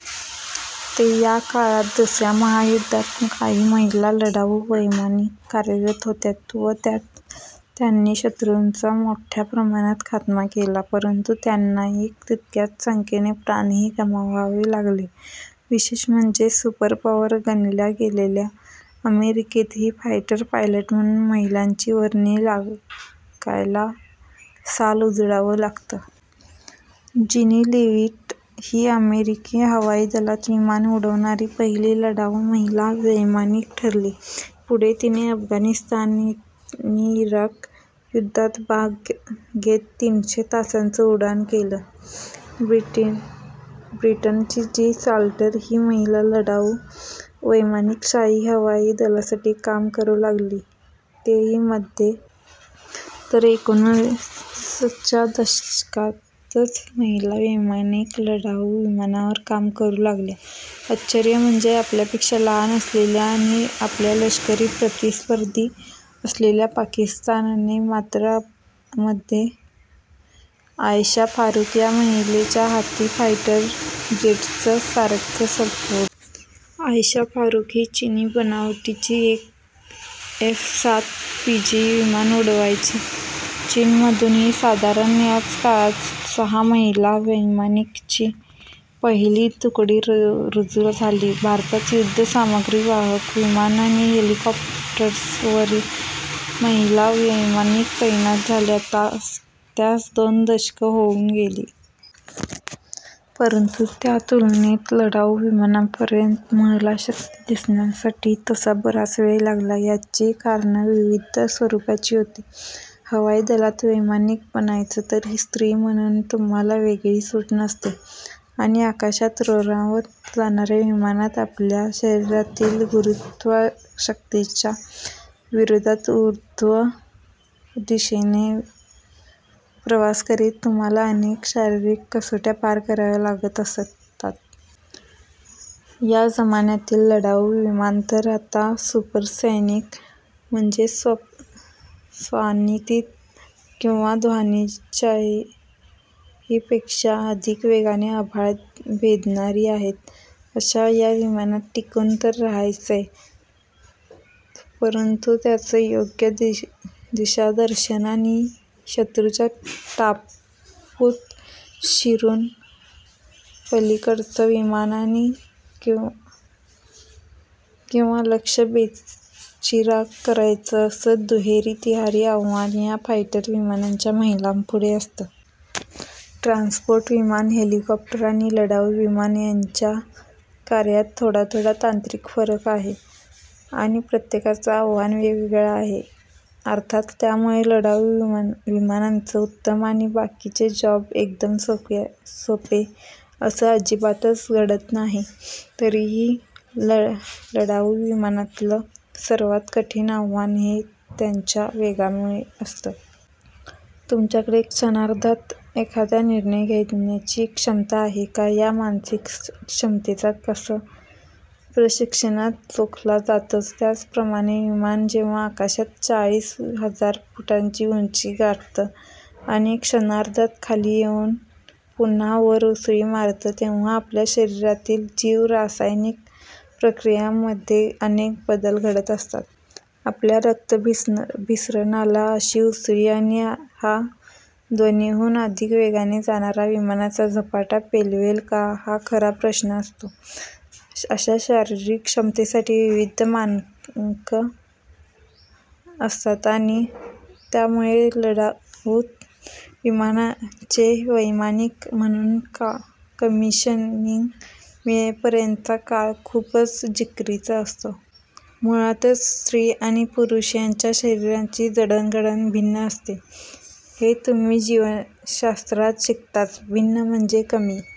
ते या काळात दुसऱ्या महायुद्धात काही महिला लढाऊ वैमानिक कार्यरत होत्या व त्यात त्यांनी शत्रूंचा मोठ्या प्रमाणात खात्मा केला. परंतु त्यांनाही तितक्याच संख्येने प्राणही गमवावे लागले. विशेष म्हणजे सुपरपॉवर गणल्या गेलेल्या अमेरिकेतही फायटर पायलट म्हणून महिलांची वर्णी लागायला साल उजाडावं लागलं. जीनी लीविट ही अमेरिकी हवाई दलात विमानं उडविणारी पहिली लढाऊ महिला वैमानिक ठरली. पुढे तिने अफगाणिस्तान आणि इराक युद्धात भाग घेत तीनशे तासांचं उड्डाण केलं. ब्रिटनची जो साल्टर ही महिला लढाऊ वैमानिक शाही हवाई दलासाठी काम करू लागली, तेही मध्ये. तर एकूणच च्या दशकातच महिला वैमानिक लढाऊ विमानांवर काम करू लागल्या. आश्चर्य म्हणजे आपल्यापेक्षा लहान असलेल्या आणि आपला लष्करी प्रतिस्पर्धी असलेल्या पाकिस्तानने मात्र मध्ये आयेशा फारुक या महिलेच्या हाती फायटर जेटचं सारथ्य सोपवलं. आयेशा फारुक ही चीनी बनावटीची एफ सात पीजी विमानं उडवायची. चीनमधूनही साधारण याच काळात सहा महिला वैमानिकांची पहिली तुकडी रुजू झाली. भारतात युद्धसामग्रीवाहक विमानं आणि हेलिकॉप्टर्सवर महिला वैमानिक तैनात झाल्या, त्यास दोन दशकं होऊन गेली. परंतु त्या तुलनेत लढाऊ विमानांपर्यंत महिलाशक्ती दिसण्यासाठी तसा बराच वेळ लागला. याची कारणं विविध स्वरूपाची होती. हवाई दलात वैमानिक बनायचं, तरी स्त्री म्हणून तुम्हाला वेगळी सूट नसते आणि आकाशात रोंरावत जाणाऱ्या विमानात आपल्या शरीरातील गुरुत्वशक्तीच्या विरोधात ऊर्ध्व दिशेने प्रवास करीत तुम्हाला अनेक शारीरिक कसोट्या पार कराव्या लागत असतात. या जमान्यातली लढाऊ विमानं तर आता सुपरसॉनिक म्हणजेच स्वनातीत किंवा ध्वनीच्याही पेक्षा अधिक वेगाने आभाळ भेदणारी आहेत. अशा या विमानात टिकून तर रहायचंच, परंतु त्यांचं योग्य दिशादर्शन आणि शत्रूच्या टापूत शिरून पलीकडचं विमान किंवा लक्ष्य बेचिराख करायचं, असं दुहेरी-तिहेरी आव्हान या फायटर विमानांच्या महिलांपुढे असतं. ट्रान्सपोर्ट विमानं, हेलिकॉप्टर आणि लढाऊ विमानं यांच्या कार्यात थोडाथोडा तांत्रिक फरक आहे आणि प्रत्येकाचं आव्हान वेगवेगळं आहे. अर्थात त्यामुळे लढाऊ विमानंच उत्तम आणि बाकीचे जॉब एकदम सोपे असं अजिबातच घडत नाही. तरीही लढाऊ विमानातलं सर्वात कठीण आव्हान हे त्यांच्या वेगामुळे असतं. तुमच्याकडे क्षणार्धात एखादा निर्णय घेण्याची क्षमता आहे का, या मानसिक क्षमतेचा कस प्रशिक्षणात जोखला जातोच. त्याचप्रमाणे विमान जेव्हा आकाशात चाळीस हजार फुटांची उंची गाठतं आणि क्षणार्धात खाली येऊन पुन्हा वर उसळी मारतं, तेव्हा आपल्या शरीरातील जीव-रासायनिक प्रक्रियांमध्ये अनेक बदल घडत असतात. आपल्या रक्ताभिसरणाला अशी उसळी आणि हा ध्वनिहून अधिक वेगाने जाणारा विमानाचा झपाटा पेलवेल का, हा खरा प्रश्न असतो. अशा शारीरिक क्षमतेसाठी विविध मानकं असतात आणि त्यामुळेच लढाऊ विमानांचे वैमानिक म्हणून कमिशनिंग मिळेपर्यंतचा काळ खूपच जिकिरीचा असतो. मुळातच स्त्री आणि पुरुष यांच्या शरीरांची जडणघडण भिन्न असते, हे तुम्ही जीवशास्त्रात शिकताच. भिन्न म्हणजे कमी